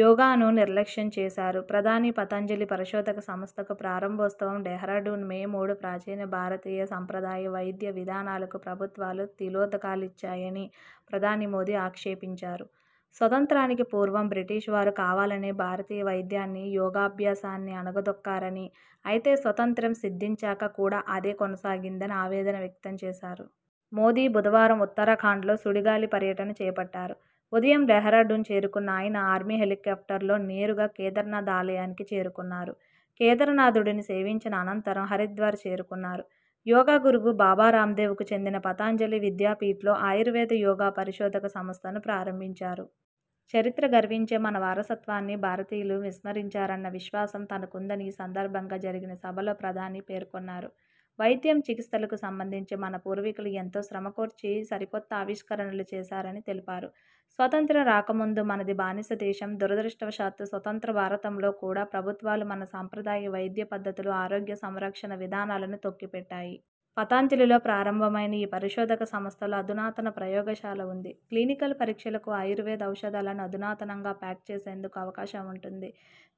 యోగానూ నిర్లక్ష్యం చేశారు ప్రధాని పతంజలి పరిశోధక సంస్థకు ప్రారంభోత్సవం డెహ్రాడూన్, మే మూడు ప్రాచీన భారతీయ సంప్రదాయ వైద్య విధానాలకు ప్రభుత్వాలు తిలోదకాలిచ్చాయని ప్రధాని మోదీ ఆక్షేపించారు. స్వాతంత్ర్యానికి పూర్వం బ్రిటీష్ వారు కావాలనే భారతీయ వైద్యాన్ని, యోగాభ్యాసాన్ని అణగదొక్కారని, అయితే స్వాతంత్య్రం సిద్ధించాక కూడా అదే కొనసాగిందని ఆవేదన వ్యక్తంచేశారు. మోదీ బుధవారం ఉత్తరాఖండ్లో సుడిగాలి పర్యటన చేపట్టారు. ఉదయం డెహ్రాడూన్ చేరుకున్న ఆయన ఆర్మీ హెలికాప్టర్లో నేరుగా కేదారనాథ్ ఆలయానికి చేరుకున్నారు. కేదారనాథుడిని సేవించిన అనంతరం హరిద్వార్ చేరుకున్నారు. యోగా గురువు బాబా రామ్దేవ్ కు చెందిన పతంజలి విద్యాపీఠ్లో ఆయుర్వేద యోగా పరిశోధక సంస్థను ప్రారంభించారు. చరిత్ర గర్వించే మన వారసత్వాన్ని భారతీయులు విస్మరించరన్న విశ్వాసం తనకుందని ఈ సందర్భంగా జరిగిన సభలో ప్రధాని పేర్కొన్నారు. వైద్యం, చికిత్సలకు సంబధించి మన పూర్వీకులు ఎంతో శ్రమకోర్చి సరికొత్త ఆవిష్కరణలు చేశారని తెలిపారు. 'స్వాతంత్య్రం రాకముందు మనది బానిస దేశం. దురదృష్టవశాత్తు స్వతంత్ర భారతంలో కూడా ప్రభుత్వాలు మన సంప్రదాయ వైద్య పద్ధతులు, ఆరోగ్య సంరక్షణ విధానాలను తొక్కిపెట్టాయి. పతంజలిలో ప్రారంభమైన ఈ పరిశోధక సంస్థలో అధునాతన ప్రయోగశాల ఉంది. క్లినికల్ పరీక్షలకు, ఆయుర్వేద ఔషధాలను అధునాతనంగా ప్యాక్ చేసేందుకు అవకాశం ఉంటుంది.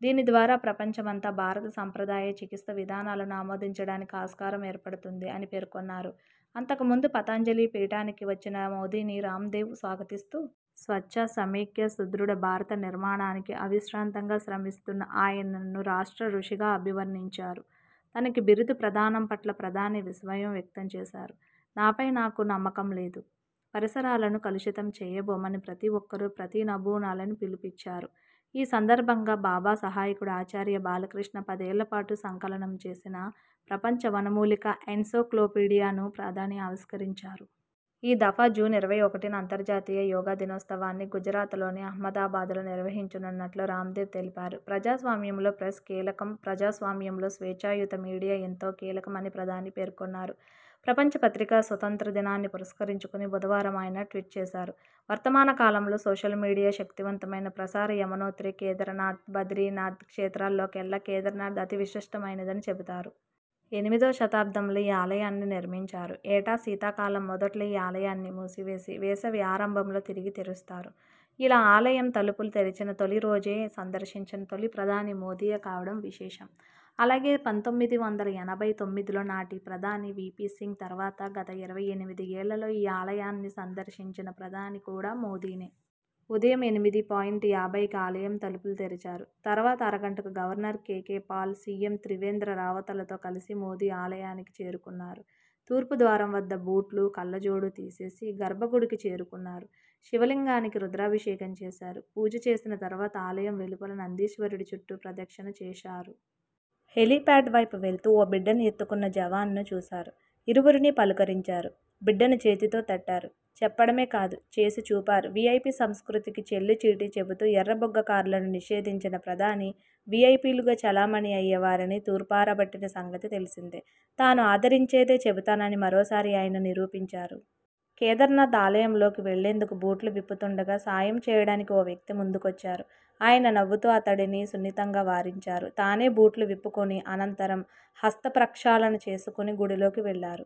దీనిద్వారా ప్రపంచమంతా భారత సంప్రదాయ చికిత్స విధానాలను ఆమోదించడానికి ఆస్కారం ఏర్పడుతుంది' అని పేర్కొన్నారు. అంతకుముందు పతంజలి పీఠానికి వచ్చిన మోదీని రామ్దేవ్ స్వాగతిస్తూ.. స్వచ్ఛ, సమైక్య, సుదృఢ భారత నిర్మాణానికి అవిశ్రాంతంగా శ్రమిస్తున్న ఆయనన్ను 'రాష్ట్ర రుషి'గా అభివర్ణించారు. తనకీ బిరుదు ప్రదానం పట్ల ప్రధాని విస్మయం వ్యక్తంచేశారు. నాపై నాకు నమ్మకం లేదు. పరిసరాలను కలుషితం చేయబోమని ప్రతి ఒక్కరూ ప్రతినబూనాలని పిలుపిచ్చారు. ఈ సందర్భంగా బాబా సహాయకుడు ఆచార్య బాలకృష్ణ పదేళ్లపాటు సంకలనం చేసిన 'ప్రపంచ వనమూలిక ఎన్సైక్లోపిడియా'ను ప్రధాని ఆవిష్కరించారు. ఈ దఫా జూన్ ఇరవై ఒకటిన అంతర్జాతీయ యోగా దినోత్సవాన్ని గుజరాతలోని అహ్మదాబాద్లో నిర్వహించనున్నట్లు రాందేవ్ తెలిపారు. ప్రజాస్వామ్యంలో 'ప్రెస్' కీలకంప్రజాస్వామ్యంలో స్వేచ్ఛాయుత మీడియా ఎంతో కీలకమని ప్రధాని పేర్కొన్నారు. ప్రపంచ పత్రికా స్వాతంత్య్ర దినాన్ని పురస్కరించుకుని బుధవారం ఆయన ట్వీట్ చేశారు. వర్తమాన కాలంలో సోషల్ మీడియా శక్తిమంతమైన ప్రసార, యమునోత్రి, కేదారనాథ్, బదరీనాథ్ క్షేత్రాల్లోకెల్లా కేదారనాథ్ అతి విశిష్టమైనదని చెబుతారు. ఎనిమిదో శతాబ్దంలో ఈ ఆలయాన్ని నిర్మించారు. ఏటా శీతాకాలం మొదట్లో ఈ ఆలయాన్ని మూసివేసి.. వేసవి ఆరంభంలో తిరిగి తెరుస్తారు. ఇలా ఆల యం తలుపులు తెరచిన తొలి రోజే సందర్శించిన తొలి ప్రధాని మోదీయే కావడం విశేషం. అలాగే పంతొమ్మిది వందల ఎనభై తొమ్మిదిలో నాటి ప్రధాని వీపీ సింగ్ తర్వాత గత ఇరవై ఎనిమిది ఏళ్లలో ఈ ఆలయా న్ని సందర్శించిన ప్రధాని కూడా మోదీనే. ఉదయం ఎనిమిది పాయింట్ యాభైకి ఆలయం తలుపులు తెరిచారు. తర్వాత అరగంటకు governor KK Paul, CM Trivendra రావతలతో కలిసి మోదీ ఆలయానికి చేరుకున్నారు. తూర్పు ద్వారం వద్ద బూట్లు, కళ్లజోడు తీసేసి.. గర్భగుడికి చేరుకున్నారు. శివలింగానికి రుద్రాభిషేకం చేశారు. పూజ చేసిన తర్వాత ఆలయం వెలుపల నందీశ్వరుడి చుట్టూ ప్రదక్షిణ చేశా రు. హెలిప్యాడ్ వైపు వెళ్తూ.. ఓ బిడ్డను ఎత్తుకున్న జవాన్ను చూశారు. ఇరువురినీ పలుకరించారు. బిడ్డను చేతితో తట్టారు. చెప్పడమే కాదు.. చేసిచూపారువీఐపీ సంస్కృతికి చెల్లుచీటీ చెబుతూ ఎర్రబుగ్గ కార్లను నిషేధించిన ప్రధాని.. వీఐపీలుగా చలామణి అయ్యేవారిని తూర్పారబట్టిన సంగతి తెలిసిందే. తాను ఆచరించేదే చెబుతానని మరోసారి ఆయన నిరూపించారు. కేదారనాథ్ ఆలయంలోకి వెళ్లేందుకు బూట్లు విప్పుతుండగా.. సాయం చేయడానికి ఓ వ్యక్తి ముందుకొచ్చారు. ఆయన నవ్వుతూ అతడిని సున్నితంగా వారించారు. తానే బూట్లు విప్పుకొని.. అనంతరం హస్త ప్రక్షాళన చేసుకుని గుడిలోకి వెళ్లారు.